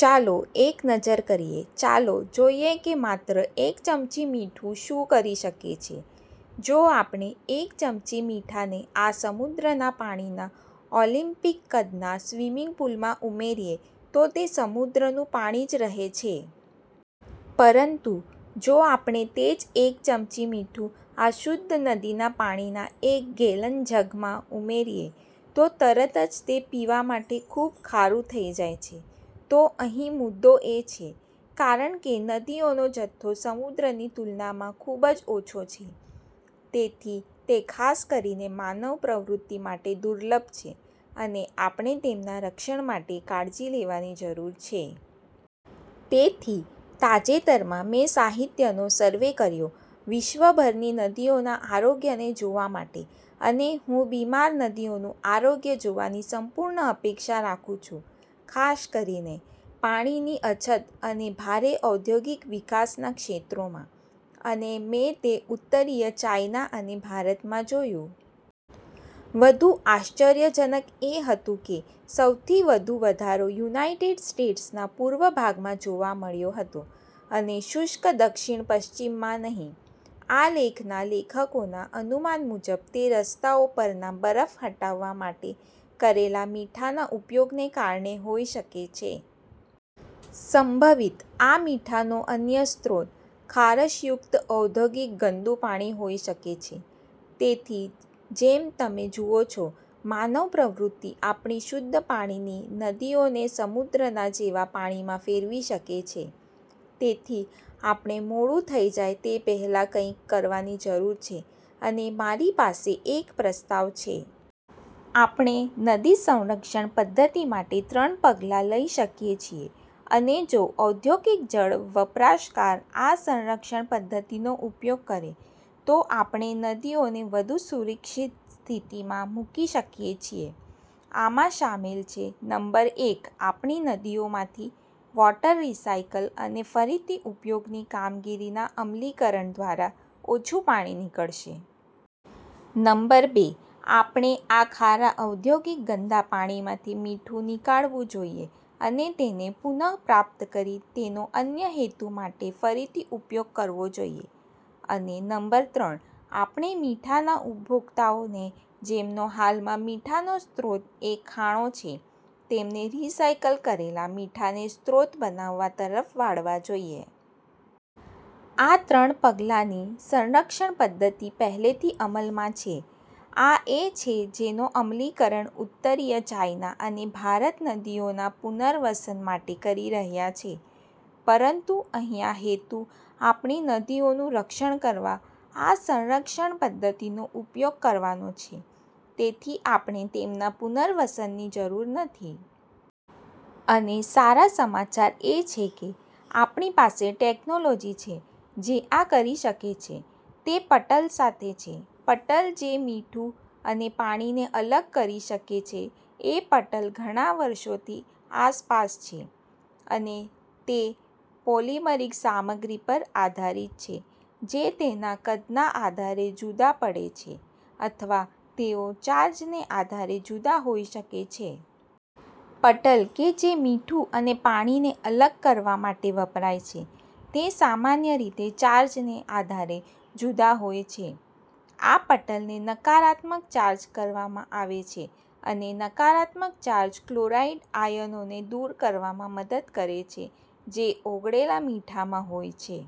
ચાલો એક નજર કરીએ. ચાલો જોઈએ કે માત્ર એક ચમચી મીઠું શું કરી શકે છે. જો આપણે એક ચમચી મીઠાને આ સમુદ્રના પાણીના ઓલિમ્પિક કદના સ્વિમિંગ પૂલમાં ઉમેરીએ, તો તે સમુદ્રનું પાણી જ રહે છે. પરંતુ જો આપણે તે જ એક ચમચી મીઠું, આ શુદ્ધ નદીના પાણીના એક ગેલન જગમાં ઉમેરીએ, તો તરત જ તે પીવા માટે ખૂબ ખારું થઈ જાય છે. તો અહીં મુદ્દો એ છે, કારણ કે નદીઓનો જથ્થો સમુદ્રની તુલનામાં ખૂબ જ ઓછો છે, તેથી તે ખાસ કરીને માનવ પ્રવૃત્તિ માટે દુર્લભ છે, અને આપણે તેમના રક્ષણ માટે કાળજી લેવાની જરૂર છે. તેથી તાજેતરમાં, મેં સાહિત્યનો સર્વે કર્યો, વિશ્વભરની નદીઓના આરોગ્યને જોવા માટે અને હું બીમાર નદીઓનું આરોગ્ય જોવાની સંપૂર્ણ અપેક્ષા રાખું છું, ખાસ કરીને, પાણીની અછત અને ભારે ઔદ્યોગિક વિકાસના ક્ષેત્રોમાં. અને મેં તે ઉત્તરીય ચાઈના અને ભારતમાં જોયું. વધુ આશ્ચર્યજનક એ હતું કે સૌથી વધુ વધારો યુનાઇટેડ સ્ટેટ્સના પૂર્વ ભાગમાં જોવા મળ્યો હતો અને શુષ્ક દક્ષિણ પશ્ચિમમાં નહીં. આ લેખના લેખકોના અનુમાન મુજબ તે રસ્તાઓ પરનાં બરફ હટાવવા માટે કરેલા મીઠાના ઉપયોગને કારણે હોઈ શકે છે. સંભવિત, આ મીઠાનો અન્ય સ્ત્રોત, ખારશયુક્ત ઔદ્યોગિક ગંદુ પાણી હોઈ શકે છે. તેથી જેમ તમે જુઓ છો, માનવ પ્રવૃત્તિ આપણી શુદ્ધ પાણીની નદીઓને સમુદ્રના જેવા પાણીમાં ફેરવી શકે છે. તેથી આપણે મોડું થઈ જાય તે પહેલા કંઈક કરવાની જરૂર છે અને મારી પાસે એક પ્રસ્તાવ છે. આપણે નદી સંરક્ષણ પદ્ધતિ માટે ત્રણ પગલાં લઈ શકીએ છીએ, અને જો ઓદ્યોગિક જળ વપરાશકાર આ સંરક્ષણ પદ્ધતિનો ઉપયોગ કરે, તો આપણે નદીઓને વધુ સુરક્ષિત સ્થિતિમાં મૂકી શકીએ છીએ. આમાં શામેલ છે, નંબર એક આપણી નદીઓમાંથી, વોટર રિસાઇકલ અને ફરીથી ઉપયોગની કામગીરીના અમલીકરણ દ્વારા ઓછું પાણી નીકળશે. નંબર બે આપણે આ ખારા ઓદ્યોગિક ગંદા પાણીમાંથી મીઠું નીકાળવું જોઈએ અને તેને પુન: ર્પ્રાપ્ત કરી તેનો અન્ય હેતુ માટે ફરીથી ઉપયોગ કરવો જોઈએ. અને નંબર ત્રણ આપણે મીઠાના ઉપભોક્તાઓને, જેમનો હાલમાં મીઠાનો સ્ત્રોત એ ખાણો છે, તેમને રિસાઈકલ કરેલા મીઠાને સ્ત્રોત બનાવવા તરફ વાળવા જોઈએ. આ ત્રણ પગલાંની સંરક્ષણ પદ્ધતિ પહેલેથી અમલમાં છે. આ એ છે જેનો અમલીકરણ, ઉત્તરીય ચાઇના અને ભારત નદીઓના પુનર્વસન માટે કરી રહ્યા છે. પરંતુ અહીંયા હેતુ, આપણી નદીઓનું રક્ષણ કરવા આ સંરક્ષણ પદ્ધતિનો ઉપયોગ કરવાનો છે, તેથી આપણે તેમના પુનર્વસનની જરૂર નથી. અને સારા સમાચાર એ છે કે, આપણી પાસે ટેક્નોલોજી છે જે આ કરી શકે છે. તે પટલ સાથે છે. પટલ જે મીઠું અને પાણીને અલગ કરી શકે છે. એ પટલ ઘણા વષોથી આસપાસ છે, અને તે પોલિમરીક સામગ્રી પર આધારિત છે, જે તેના કદના આધારે જુદા પડે છે, અથવા તેઓ ચાર્જને આધારે જુદા હોઈ શકે છે. પટલ કે જે મીઠું અને પાણીને અલગ કરવા માટે વપરાય છે, તે સામાન્ય રીતે ચાર્જને આધારે જુદા હોય છે. આ પટલને નકારાત્મક ચાર્જ કરવામાં આવે છે અને નકારાત્મક ચાર્જ કલોરાઇડ આયનોને દૂર કરવામાં મદદ કરે છે, જે ઓગળેલા મીઠામાં હોય છે.